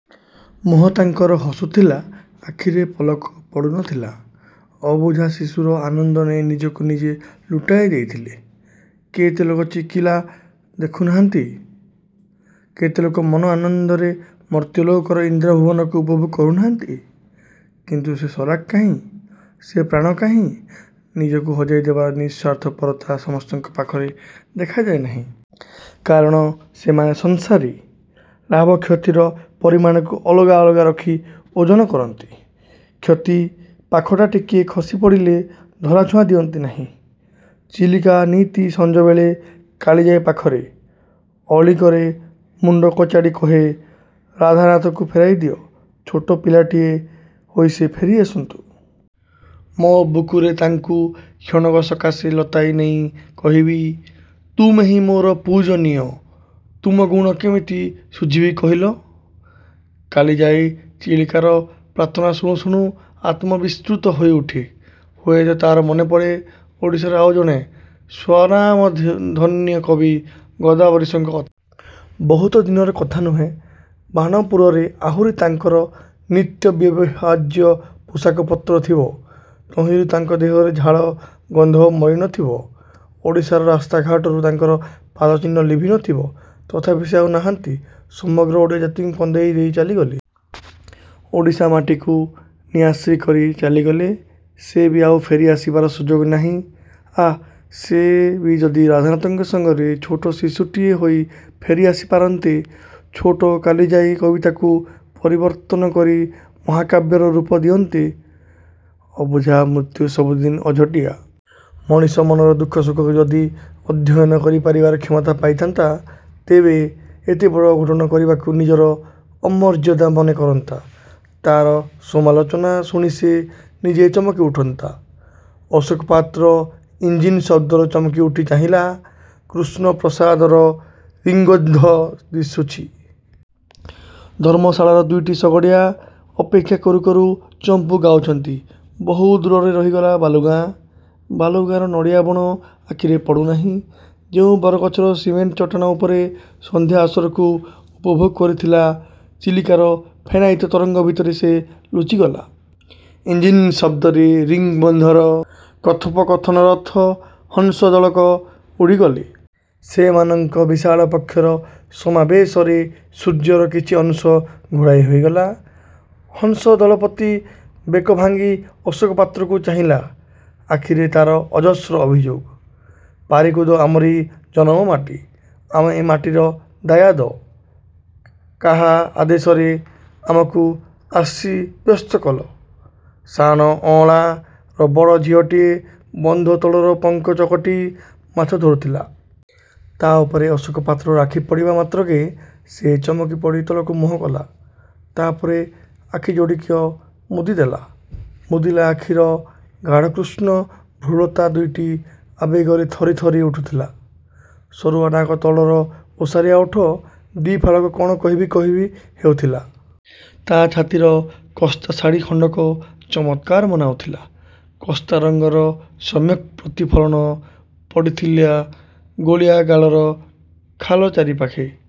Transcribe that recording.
ମୁହଁ ତାଙ୍କର ହସୁଥିଲା। ଆଖିରେ ପଲକ ପଡ଼ୁନଥିଲା। ଅବୁଝା ଶିଶୁର ଆନନ୍ଦ ନେଇ ନିଜକୁ ନିଜେ ଲୁଟାଇ ଦେଇଥିଲେ। କେତେ ଲୋକ ଚିକିଲା ଦେଖୁନାହାନ୍ତି? କେତେ ଲୋକ ମନ ଆନନ୍ଦରେ ମର୍ତ୍ତ୍ୟଲୋକର-ଇନ୍ଦ୍ରଭୁବନକୁ ଉପଭୋଗ କରୁନାହାନ୍ତି? କିନ୍ତୁ ସେ ସରାଗ କାହିଁ? ସେ ପ୍ରାଣ କାହିଁ-? ନିଜକୁ ହଜାଇ ଦେବାର ନିଃସ୍ୱାର୍ଥପରତା ସମସ୍ତଙ୍କ ପାଖରେ ଦେଖାଯାଏ ନାହିଁ-। କାରଣ ସେମାନେ ସଂସାରୀ। ଲାଭ କ୍ଷତିର ପରିମାଣକୁ ଅଲଗା ଅଲଗା ରଖି ଓଜନ କରନ୍ତି-। କ୍ଷତି ପାଖଟା ଟିକିଏ ଖସି ପଡ଼ିଲେ ଧରାଛୁଆଁ ଦିଅନ୍ତି ନାହିଁ। ଚିଲିକା ନିତି ସଂଜବେଳେ କାଳିଜାଈ ପାଖରେ। ଅଳିକରେ। ମୁଣ୍ଡ କଚାଡ଼ି କହେ, ରାଧାନାଥଙ୍କୁ ଫେରାଇ ଦିଅ। ଛୋଟ ପିଲାଟିଏ ହୋଇ ସେ ଫେରି ଆସନ୍ତୁ। ମୋ ବୁକୁରେ ତାଙ୍କୁ କ୍ଷଣକ ସକାଶେ ଲତାଇ ନେଇ କହିବି, 'ତୁମେହିଁ ମୋର ପୂଜନୀୟ! ତୁମ ଗୁଣ କେମିତି ଶୁଝିବି କହିଲ? ' କାଳିଜାଈ, ଚିଲିକାର ପ୍ରାର୍ଥନା ଶୁଣୁ ଶୁଣୁ ଆତ୍ମବିସ୍ମୃତ ହୋଇଉଠେ। ହୁଏତ ତାର ମନେପଡ଼େ ଓଡ଼ିଶାର ଆଉ ଜଣେ ସ୍ୱନାମଧନ୍ୟ କବି ଗୋଦାବରୀଶଙ୍କ କଥା। ବହୁତ ଦିନର କଥା ନୁହେଁ। ବାଣପୁରରେ ଆହୁରି ତାଙ୍କର ନିତ୍ୟବ୍ୟବହାର୍ଯ୍ୟ ପୋଷାକ ପତ୍ର ଥିବ। ତହିଁରୁ ତାଙ୍କ ଦେହର ଝାଳ ଗନ୍ଧ ମରି ନଥିବ। ଓଡ଼ିଶାର ରାସ୍ତାଘାଟରୁ ତାଙ୍କର ପାଦଚିହ୍ନ ଲିଭି ନ ଥିବ। ତଥାପି ସେ ଆଉ ନାହାନ୍ତି। ସମଗ୍ର ଓଡ଼ିଆ ଜାତିକୁ କନ୍ଦେଇ ଦେଇ ଚାଲିଗଲେ। ଓଡ଼ିଶା ମାଟିକୁ ନିଆଶ୍ରୀ କରି ଚାଲିଗଲେ, ସେ ବି ଆଉ ଫେରି ଆସିବାର ସୁଯୋଗ ନାହିଁ। ଆଃ, ସେ ବି ଯଦି ରାଧାନାଥଙ୍କ ସଙ୍ଗରେ ଛୋଟ ଶିଶୁଟିଏ ହୋଇ ଫେରି ଆସି ପାରନ୍ତେ? ଛୋଟ କାଳିଜାଈ କବିତାକୁ ପରିବର୍ଦ୍ଧନ କରି ମହାକାବ୍ୟର ରୂପ ଦିଅନ୍ତେ!! ଅବୁଝା ମୃତ୍ୟୁ ସବୁଦିନ ଅଝଟିଆ। ମଣିଷ ମନର ଦୁଃଖ ସୁଖକୁ ଯଦି ଅଧ୍ୟୟନ କରିପାରିବାର କ୍ଷମତା ପାଇଥାନ୍ତା, ତେବେ ଏତେବଡ଼ ଅଘଟନ କରିବାକୁ ନିଜର ଅମର୍ଯ୍ୟାଦା ମନେ କରନ୍ତା। ତାର ସମାଲୋଚନା ଶୁଣି ସେ ନିଜେ ଚମକି ଉଠନ୍ତା। ଅଶୋକ ପାତ୍ର ଇଂଜିନ ଶବ୍ଦରେ ଚମକି ଉଠି ଚାହିଁଲା, କୃଷ୍ଣପ୍ରସାଦର ରିଙ୍ଗ୍ବନ୍ଧ ଦିଶୁଛି। ଧର୍ମଶାଳାରେ ଦୁଇଟି ଶଗଡ଼ିଆ ଅପେକ୍ଷା କରୁ କରୁ ଚମ୍ପୂ ଗାଉଛନ୍ତି। ବହୁ ଦୂରରେ ରହିଗଲା ବାଲୁଗାଁ। ବାଲୁଗାଁର ନଡ଼ିଆ ବଣ ଆଖିରେ ପଡ଼ୁନାହିଁ। ଯେଉଁ ବରଗଛର ସିମେଣ୍ଟ ଚଟାଣ ଉପରେ ସନ୍ଧ୍ୟା ଆସରକୁ ଉପଭୋଗ କରିଥିଲା, ଚିଲିକାର ଫେନାୟିତ ତରଙ୍ଗ ଭିତରେ ସେ ଲୁଚିଗଲା। ଇଂଜିନ୍ଶବ୍ଦରେ ରିଙ୍ଗ ବନ୍ଧର କଥୋପକଥନରତ ହଂସ ଦଳକ ଉଡ଼ିଗଲେ। ସେମାନଙ୍କ ବିଶାଳ ପକ୍ଷର ସମାବେଶରେ ସୂର୍ଯ୍ୟର କିଛି ଅଂଶ ଘୋଡ଼ାଇ ହୋଇଗଲା। ହଂସ-ଦଳପତି ବେକ ଭାଙ୍ଗି ଅଶୋକ ପାତ୍ରକୁ ଚାହିଁଲା। ଆଖିରେ ତାର ଅଜସ୍ର ଅଭିଯୋଗ। ''ପାରିକୁଦ ଆମରି ଜନମମାଟି! ଆମେ ଏ ମାଟିର ଦାୟାଦ। କାହା ଆଦେଶରେ ଆମକୁ ଆସି ବ୍ୟସ୍ତ କଲ? '' 'ସାନ ଅଅଁଳା'ର ବଡ଼ ଝିଅଟିଏ ବନ୍ଧତଳର ପଙ୍କ ଚକଟି ମାଛ ଧରୁଥିଲା। ତା' ଉପରେ ଅଶୋକ ପାତ୍ରର ଆଖି ପଡ଼ିବା ମାତ୍ରକେ ସେ ଚମକିପଡ଼ି ତଳକୁ ମୁହଁ କଲା। ତା' ପରେ ଆଖି ଯୋଡ଼ିକ ମୁଦି ଦେଲା। ମୁଦିଲା ଆଖିର ଗାଢ଼କୃଷ୍ଣ ଭ୍ରୁଲତା ଦୁଇଟି ଆବେଗରେ ଥରି, ଥରି ଉଠୁଥିଲା। ସରୁଆ ନାକ ତଳର ଓସାରିଆ ଓଠ ଦି'ଫାଳକ କଣ କହିବି, କହିବି ହେଉଥିଲା। ତା' ଛାତିର କସ୍ତା ଶାଢ଼ି ଖଣ୍ଡକ ଚମତ୍କାର ମନାଉଥିଲା। କସ୍ତା ରଙ୍ଗର ସମ୍ୟକ୍ ପ୍ରତିଫଳନ ପଡ଼ିଥିଲା ଗୋଲିଆ ଗାଲର ଖାଲ ଚାରିପାଖେ।